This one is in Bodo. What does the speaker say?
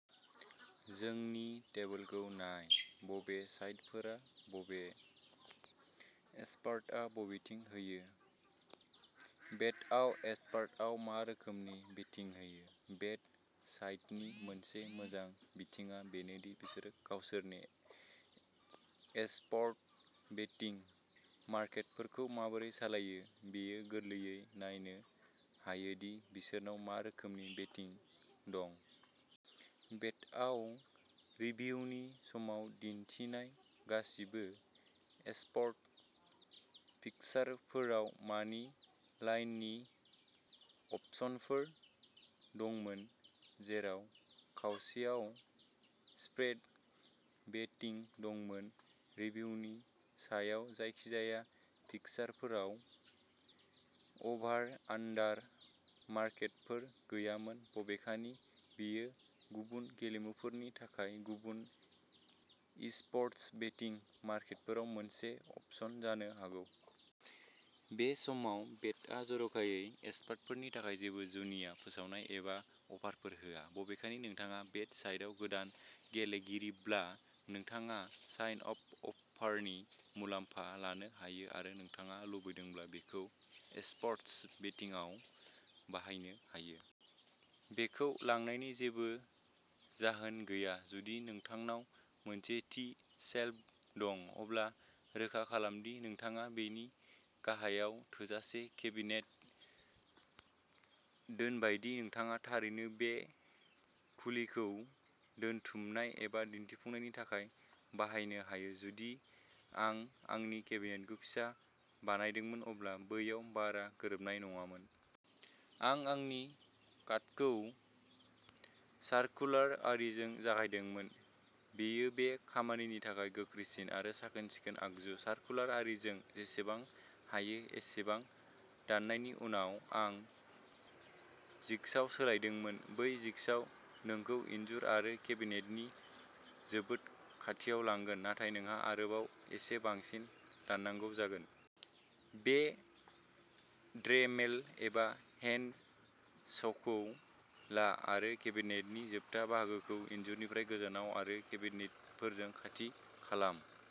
जोंनि टेबोलखौ नाय। बबे साइटफोरा बबे एस्प'र्टआव बेटिं होयो। बेटआव एस्प'र्टआव मा रोखोमनि बेटिं होयो? बेट साइटनि मोनसे मोजां बिथिंआ बेनो दि बिसोर गावसोरनि एस्प'र्ट बेटिं मार्केटफोरखौ माबोरै सामलायो, बेयो गोरलैयै नायनो हायो दि बिसोरनाव मा रोखोमनि बेटिं दं। बेटआव रिभिउनि समाव दिन्थिनाय गासिबो एस्प'र्ट फिक्सारफोराव मानि लाइननि अपसनफोर दंमोन, जेराव खावसेयाव स्प्रेड बेटिं दंमोन। रिभिउनि समाव जायखिजाया फिक्सारफोराव अभार/आन्डार मार्केटफोर गैयामोन, बबेखानि बेयो गुबुन गेलेमुफोरनि थाखाय गुबुन इस्प'र्टस बेटिं मार्केटफोराव मोनसे अपसन जानो हागौ। बे समाव बेटआ जर'खायै एस्प'र्टफोरनि थाखाय जेबो जुनिया फोसावनाय एबा अफारफोर होआ। बबेखानि नोंथाङा बेट साइटआव गोदान गेलेगिरिब्ला, नोंथाङा साइन आप अफारनि मुलाम्फा लानो हायो आरो नोंथाङा लुबैदोंब्ला बेखौ एस्प'र्टस बेटिंआव बाहायनो हायो। बेखौ लांनायनि जेबो जाहोन गैया। जुदि नोंथांनाव मोनसे थि शेल्फ दं, अब्ला रोखा खालाम दि नोंथाङा बेनि गाहायाव थोजासे केबिनेट दोनबाय दि नोंथाङा थारैनो बै खुलिखौ दोनथुमनाय एबा दिन्थिफुंनायनि थाखाय बाहायनो हायो। जुदि आं आंनि केबिनेटखौ फिसा बानायदोंमोन, अब्ला बैयाव बारा गोरोबनाय नङामोन। आं आंनि काटखौ सर्कुलार आरीजों जागायदोंमोन। बेयो बे खामानिनि थाखाय गोख्रैसिन आरो साखोन-सिखोन आगजु। सर्कुलार आरीजों जेसेबां हायो एसेबां दाननायनि उनाव, आं जिगसाव सोलायदोंमोन। बै जिगसाव नोंखौ इनजुर आरो केबिनेटनि जोबोद खाथियाव लांगोन, नाथाय नोंहा आरोबाव एसे बांसिन दाननांगौ जागोन। बे ड्रेमेल एबा हेन्ड सखौ ला आरो केबिनेटनि जोबथा बाहागोखौ इनजुरनिफ्राय गोजानाव आरो केबिनेटफोरजों खाथि खालाम।